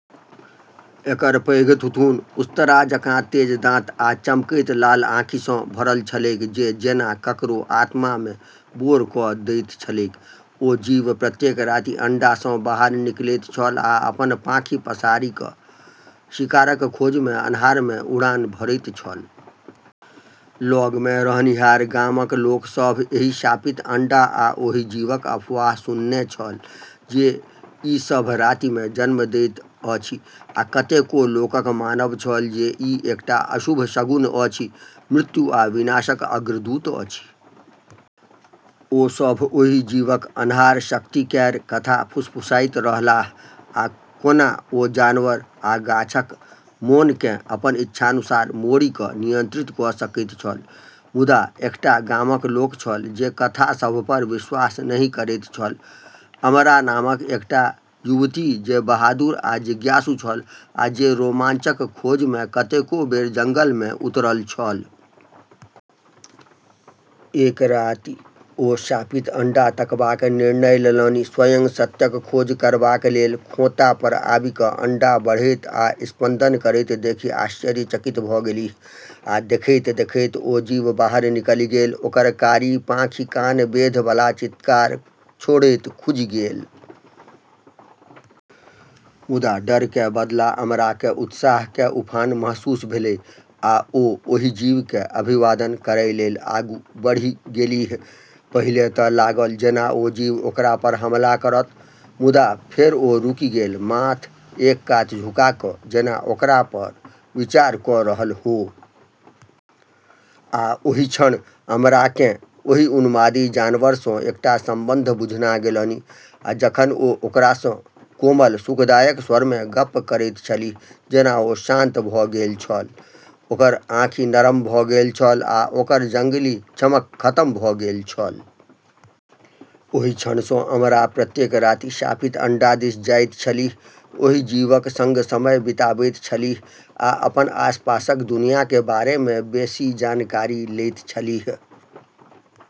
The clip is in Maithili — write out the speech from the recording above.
एकर पैघ थुथुन उस्तरा जकाँ तेज दाँत आ चमकैत लाल आँखि सँ भरल छलैक जे जेना ककरो आत्मा मे बोर क' दैत छलैक। ओ जीव प्रत्येक राति अंडा सँ बाहर निकलैत छल, अपन पाँखि पसारि क' शिकारक खोज मे अन्हार मे उड़ान भरैत छल। लग मे रहनिहार गामक लोक सभ एहि शापित अंडा आ ओहि जीवक अफवाह सुनने छल जे ई सभ राति मे जन्म दैत अछि आ कतेको लोकक मानब छल जे ई एकटा अशुभ शगुन अछि, मृत्यु आ विनाशक अग्रदूत अछि। ओ सभ ओहि जीवक अन्हार शक्ति केर कथा फुसफुसाइत रहलाह, आ कोना ओ जानवर आ गाछक मोन केँ अपन इच्छानुसार मोड़ि क' नियंत्रित क' सकैत छल। मुदा एकटा गामक लोक छल जे कथा सभ पर विश्वास नहि करैत छल, अमरा नामक एकटा युवती जे बहादुर आ जिज्ञासु छल, आ जे रोमांचक खोज मे कतेको बेर जंगल मे उतरल छल। एक राति ओ शापित अंडा तकबाक निर्णय लेलनि, स्वयं सत्यक खोज करबाक लेल। खोंता पर आबि क' अंडा बढ़ैत आ स्पंदन करैत देखि आश्चर्यचकित भ' गेलीह आ देखैत-देखैत ओ जीव बाहर निकलि गेल, ओकर कारी पाँखि कान बेध' बला चीत्कार छोड़ैत खुजि गेल। मुदा डर के बदला अमरा के उत्साह के उफान महसूस भेलै, आ ओ ओहि जीव के अभिवादन करय लेल आगू बढ़ि गेलीह। पहिले त' लागल जेना ओ जीव ओकरा पर हमला करत, मुदा फेर ओ रुकि गेल, माथ एक कात झुका क' जेना ओकरा पर विचार क' रहल हो। आ ओहि क्षण अमरा केँ ओहि उन्मादी जानवर सँ एकटा संबंध बुझना गेलनि, आ जखन ओ ओकरा सँ कोमल, सुखदायक स्वर मे गप्प करैत छलीह, जेना ओ शान्त भ' गेल छल, ओकर आँखि नरम भ' गेल छल आ ओकर जंगली चमक खतम भ' गेल छल। ओहि क्षण सँ अमरा प्रत्येक राति शापित अंडा दिस जाइत छलीह, ओहि जीवक संग समय बिताबैत छलीह आ अपन आसपासक दुनिया के बारे मे बेसी जानकारी लैत छलीह।